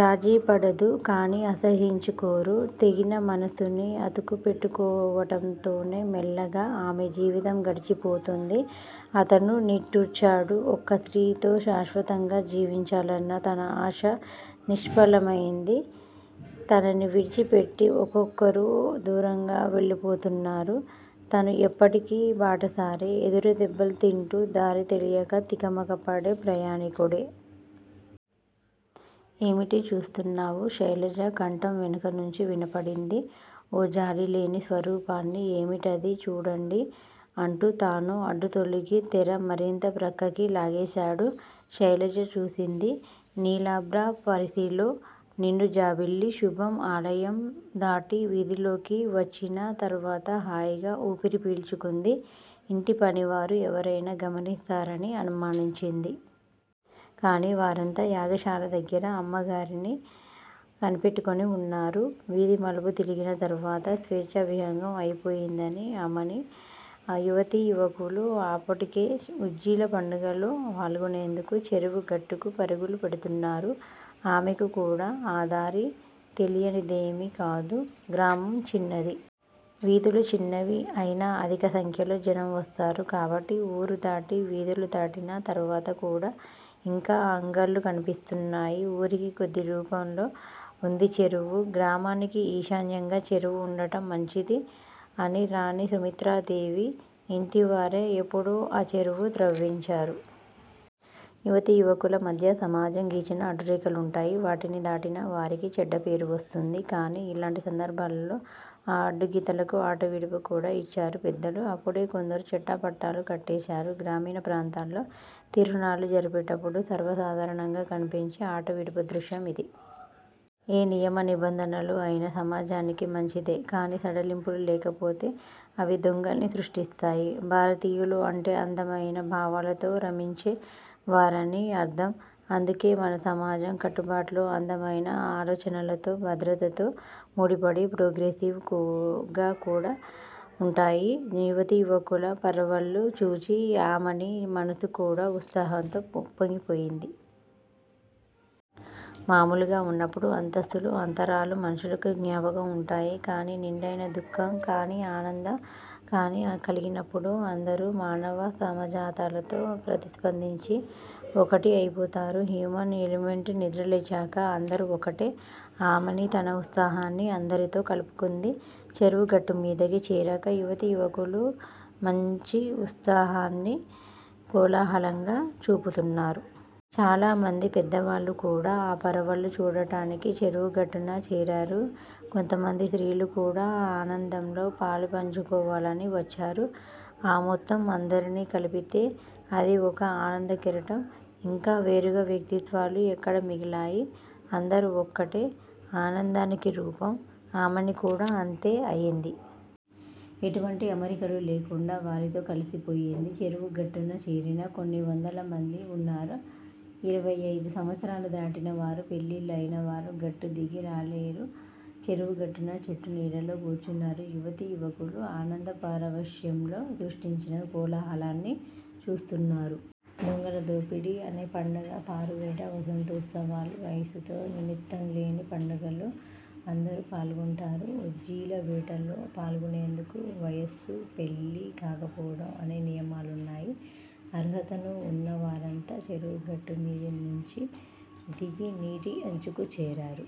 రాజీపడదు. కాని అసహ్యించుకోదు. తెగిన మనసుని అతుకుపెట్టుకోవటంతోనే మెల్లగా ఆమెజీవితం గడిచి పోతుంది. అతను నిట్టూర్చాడు. ఒక్క స్త్రీతో శాశ్వతంగా జీవించాలన్న తన ఆశ నిష్ఫలమైంది. తనని విడిచిపెట్టి ఒక్కొక్కరూ దూరంగా వెళ్లిపోతున్నారు. తను ఎప్పటికీ బాటసారే. ఎదురుదెబ్బలు తింటూ దారి తెలియక తికమకపడే ప్రయాణికుడే. ఏమిటి చూస్తున్నావు? శైలజ కంఠం వెనకనుంచి వినపడింది. ఓ జాలిలేని స్వరూపాన్ని. ఏమిటది? చూడండి అంటూ తాను అడ్డుతొలగి, తెర మరింత ప్రక్కకి లాగేశాడు. శైలజ చూసింది. నీలాభ్ర పరసిలో నిండుజాబిల్లి. శుభం। ఆలయం దాటి వీధిలోకి వచ్చిన తరువాత హాయిగా ఊపిరి పీల్చుకుంది. ఇంటి పనివారు ఎవరయినా గమనిస్తారని అనుమానించింది. కాని వారంతా యాగశాల దగ్గిర అమ్మగారిని కనిపెట్టుకుని ఉన్నారు. వీధి మలుపు తిరిగిన తరువాత స్వేచ్ఛా విహంగం అయిపోయింది ఆమని! యువతీ యువకులు అప్పటికే ఉజ్జీల పండుగలో పాల్గొనేందుకు చెరువు గట్టుకు పరుగులు పెడుతున్నారు. ఆమెకు కూడా ఆ దారి తెలియనిదేమీ కాదు, గ్రామం చిన్నది. వీధులు చిన్నవి! అయినా అధిక సంఖ్యలో జనం వస్తారు కాబట్టి ఊరు దాటి వీధులు దాటిన తరువాత కూడ ఇంకా అంగళ్ళు కన్పిస్తున్నాయి. ఊరికి కొద్ది రూపంలో ఉంది చెరువు! గ్రామానికి ఈశాన్యంగా చెరువు ఉండటం మంచిది అని రాణి సుమిత్రాదేవి ఇంటివారే ఎప్పుడో ఆ చెరువు త్రవ్వించారు. యువతీ యువకుల మధ్య సమాజం గీచిన అడ్డు రేఖలుంటాయి. వాటిని దాటిన వారికి చెడ్డపేరు వస్తుంది. కాని ఇలాంటి సందర్భాలలో ఆ అడ్డుగీతలకు ఆటవిడుపు కూడ ఇచ్చారు పెద్దలు! అప్పుడే కొందరు చెట్టపట్టాలు కట్టేశారు. గ్రామీణ ప్రాంతాలలో తిరునాళ్ళు జరిగేప్పుడు సర్వసాధారణంగా కన్పించే ఆటవిడుపు దృశ్యం ఇది. ఏ నియమ నిబంధనలు అయినా సమాజానికి మంచిదే! కాని సడలింపులు లేకపోతే అవి దొంగల్ని సృష్టిస్తాయి. భారతీయులు అంటే అందమయిన భావాలతో రమించే వారని అర్ధం. అందుకే మన సమాజం కట్టుబాట్లు అందమయిన ఆలోచనలతో భద్రతతో ముడిపడి ప్రోగ్రెసివ్ గా కూడా వుంటాయి. యువతీ యువకుల పరవళ్ళు చూచి ఆమని మనసు కూడ ఉత్సాహంతో ఉప్పొంగి పోయింది. మామూలుగా వున్నప్పుడు అంతస్థులు, అంతరాలు మనుషులకు జ్ఞాపకం వుంటాయి. కాని నిండయిన దుఃఖం కాని ఆనందం కాని కలిగినప్పుడు అందరూ మానవ సమజాతాలతో ప్రతిస్పందించి ఒకటి అయిపోతారు. హ్యూమన్ ఎలిమెంట్ నిద్రలేచాక అందరూ ఒక్కటే! ఆమని తన ఉత్సాహాన్ని అందరితో కలుపుకుంది. చెరువు గట్టుమీదకి చేరాక యువతీ యువకులు మాంచి ఉత్సాహాన్ని కోలాహలంగా చూపుతున్నారు. చాలామంది పెద్దవాళ్ళు కూడా ఆ పరవళ్ళు చూడటానికి చెరువు గట్టున చేరారు. కొంతమంది స్త్రీలు కూడ ఆనందంలో పాలుపంచుకోవాలని వచ్చారు. ఆ మొత్తం అందరినీ కలిపితే అది ఒక ఆనంద కెరటం. ఇంక వేరుగా వ్యక్తిత్వాలు ఎక్కడ మిగిలాయి? అందరూ ఒక్కటే! ఆనందానికి రూపం! ఆమని కూడ అంతే అయింది. ఎటువంటి అమరికలు లేకుండా వారితో కలిసిపోయింది. చెరువు గట్టున చేరిన కొన్ని వందల మంది వున్నారు. ఇరవై అయిదు సంవత్సరాలు దాటిన వారు, పెళ్ళిళ్ళు అయినవారు గట్టు దిగి రాలేదు. చెరువు గట్టున చెట్టు నీడలో కూర్చున్నారు. యువతీ యువకులు ఆనంద పారవశ్యంలో సృష్టించిన కోలాహలాన్ని చూస్తున్నారు. దొంగల దోపిడి అనే పండుగ, పారువేట, వసంతోత్సవాలు వయసుతో నిమిత్తంలేని పండుగలు. అందరూ పాల్గొంటారు. ఉజ్జీలవేటలో పాల్గొనేందుకు వయసు పెళ్ళి కాకపోవటం అనే నియమాలున్నాయి. అర్హతను వున్నవారంతా చెరువు గట్టు మీది నించి దిగి నీటి అంచుకు చేరారు.